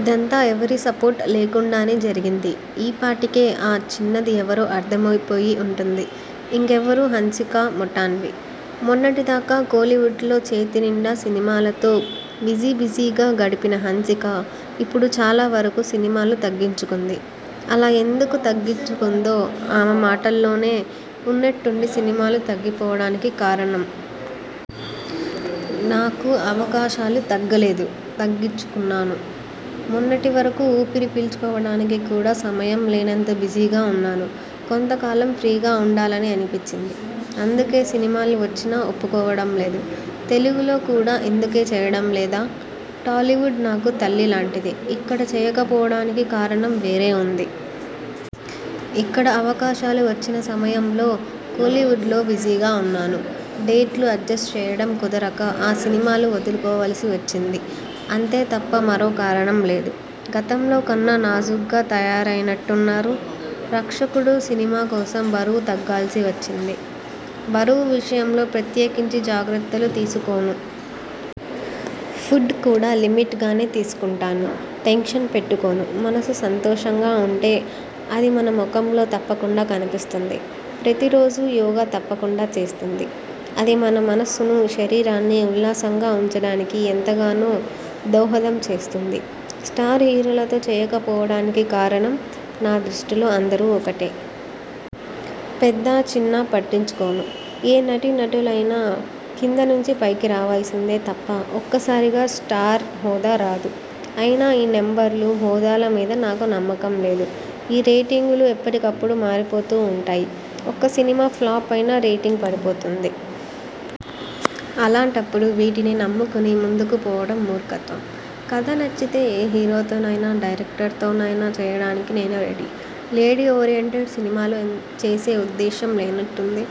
ఇదంతా ఎవరి సపోర్ట్ లేకుండానే జరిగింది. ఈ పాటికే ఆ చిన్నది ఎవరో అర్థమైపోయి ఉంటుంది. ఇంకెవరు హన్సికా మోట్వాని. మొన్నటి దాకా కోలీవుడ్లో చేతినిండా సినిమాలతో బిజి బిజీగా గడిపిన హన్సిక ఇప్పుడు చాలా వరకూ సినిమాలు తగ్గించుకుంది. అలా ఎందుకు తగ్గించుకుందో ఆమె మాటల్లోనే ఉన్నట్టుండి సినిమాలు తగ్గిపోవడానికి కారణం? నాకు అవకాశాలు తగ్గలేదు. తగ్గించుకున్నాను. మొన్నటి వరకూ ఊపిరి పీల్చుకోవడానికి కూడా సమయం లేనంత బిజీగా ఉన్నాను. కొంతకాలం ఫ్రీగా ఉండాలని అనిపించింది. అందుకే సినిమాలు వచ్చినా ఒప్పుకోవడంలేదు. తెలుగులో కూడా ఇందుకే చేయడం లేదా? టాలీవుడ్ నాకు తల్లి లాంటిది. ఇక్కడ చేయకపోవడానికి కారణం వేరే ఉంది. ఇక్కడ అవకాశాలు వచ్చిన సమయంలో కోలీవుడ్లో బిజీగా ఉన్నాను. డేట్లు అడ్జస్ట్ చేయడం కుదరక ఆ సినిమాలు వదులుకోవలసి వచ్చింది అంతే తప్ప మరో కారణం లేదు. గతంలో కన్నా నాజూగ్గా తయారైనట్టున్నారు? 'రక్షకుడు' సినిమా కోసం బరువు తగ్గాల్సి వచ్చింది. బరువు విషయంలో ప్రత్యేకించి జాగ్రత్తలు తీసుకోను. ఫుడ్ కూడా లిమిట్గానే తీసుకుంటాను. టెన్షన్స్ పెట్టుకోను. మనస్సు సంతోషంగా ఉంటే అది మన ముఖంలో తప్పకుండా కనిపిస్తుంది. ప్రతి రోజూ యోగా తప్పకుండా చేస్తుంది. అది మన మనస్సునూ, శరీరాన్ని ఉల్లాసంగా ఉంచడానికి ఎంతగానో దోహదం చేస్తుంది. స్టార్ హీరోలతో చేయకపోవడానికి కారణం? నా దృష్టిలో అందరూ ఒకటే! పెద్దా చిన్నా పట్టించుకోను. ఏ నటీ నటులైనా కింద నుంచి పైకి రావలసిందే తప్ప ఒక్కసారిగా స్టార్ హోదా రాదు. అయినా ఈ నెంబర్లు, హోదాల మీద నాకు నమ్మకం లేదు. ఈ రేటింగులు ఎప్పటికప్పుడు మారిపోతూ ఉంటాయి. ఒక్క సినిమా ఫ్లాప్ అయినా రేటింగ్ పడిపోతుంది. అలాంటప్పుడు వీటిని నమ్ముకుని ముందుకు పోవడం మూర్ఖత్వం. కథ నచ్చితే ఏ హీరోతోనైనా, డైరక్టర్తోనైనా చేయడానికి నేను రెడీ! లేడీ ఓరియెంటెడ్ సినిమాలు చేసే ఉద్దేశ్యం లేనట్టుంది?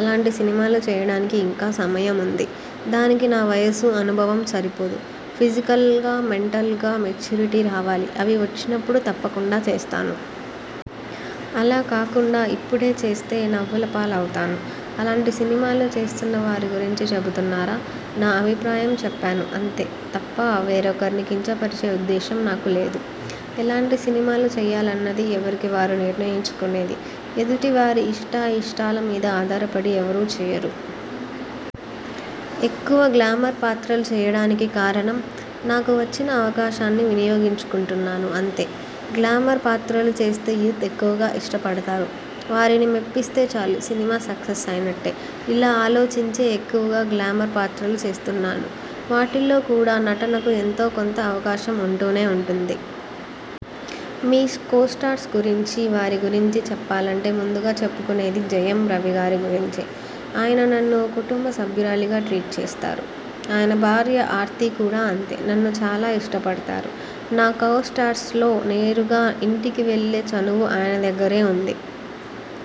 అలాంటి సినిమాలు చేయడానికి ఇంకా సమయముంది. దానికి నా వయసు, అనుభవం సరిపోదు. ఫిజికల్గా, మెంటల్గా మెచ్యూరిటీ రావాలి అవి వచ్చినప్పుడు తప్పకుండా చేస్తాను. అలా కాకుండా ఇప్పుడే చేస్తే నవ్వుల పాలు అవుతాను. అలాంటి సినిమాలు చేస్తున్న వారి గురించి చెబుతున్నారా? నా అభిప్రాయం చెప్పాను అంతే తప్ప వేరొకరిని కించపరిచే ఉద్దేశం నాకు లేదు. ఎలాంటి సినిమాలు చేయాలన్నది ఎవరికి వారు నిర్ణయించుకునేది. ఎదుటి వారి ఇష్టాఇష్టాల మీద ఆధారపడి ఎవరూ చేయరు. ఎక్కువ గ్లామర్ పాత్రలు చేయడానికి కారణం? నాకు వచ్చిన అవకాశాన్ని వినియోగించుకుంటున్నాను అంతే! గ్లామర్ పాత్రలు చేస్తే యూత్ ఎక్కువగా ఇష్టపడతారు. వారిని మెప్పిస్తే చాలు సినిమా సక్సెస్ అయినట్టే! ఇలా ఆలోచించే ఎక్కువగా గ్లామర్ పాత్రలు చేస్తున్నాను. వాటిల్లో కూడా నటనకు ఎంతో కొంత అవకాశం ఉంటూనే ఉంటుంది. మీ కోస్టార్స్ గురించి వారి గురించి చెప్పాలంటే ముందుగా చెప్పుకునేది జయం రవిగారి గురించే! ఆయన నన్ను ఓ కుటుంబ సభ్యురాలిగా ట్రీట్ చేస్తారు. ఆయన భార్య ఆర్తి కూడా అంతే! నన్ను చాలా ఇష్టపడతారు. నా కోర్ స్టార్స్లో నేరుగా ఇంటికి వెళ్ళే చనువు ఆయన దగ్గరే ఉంది.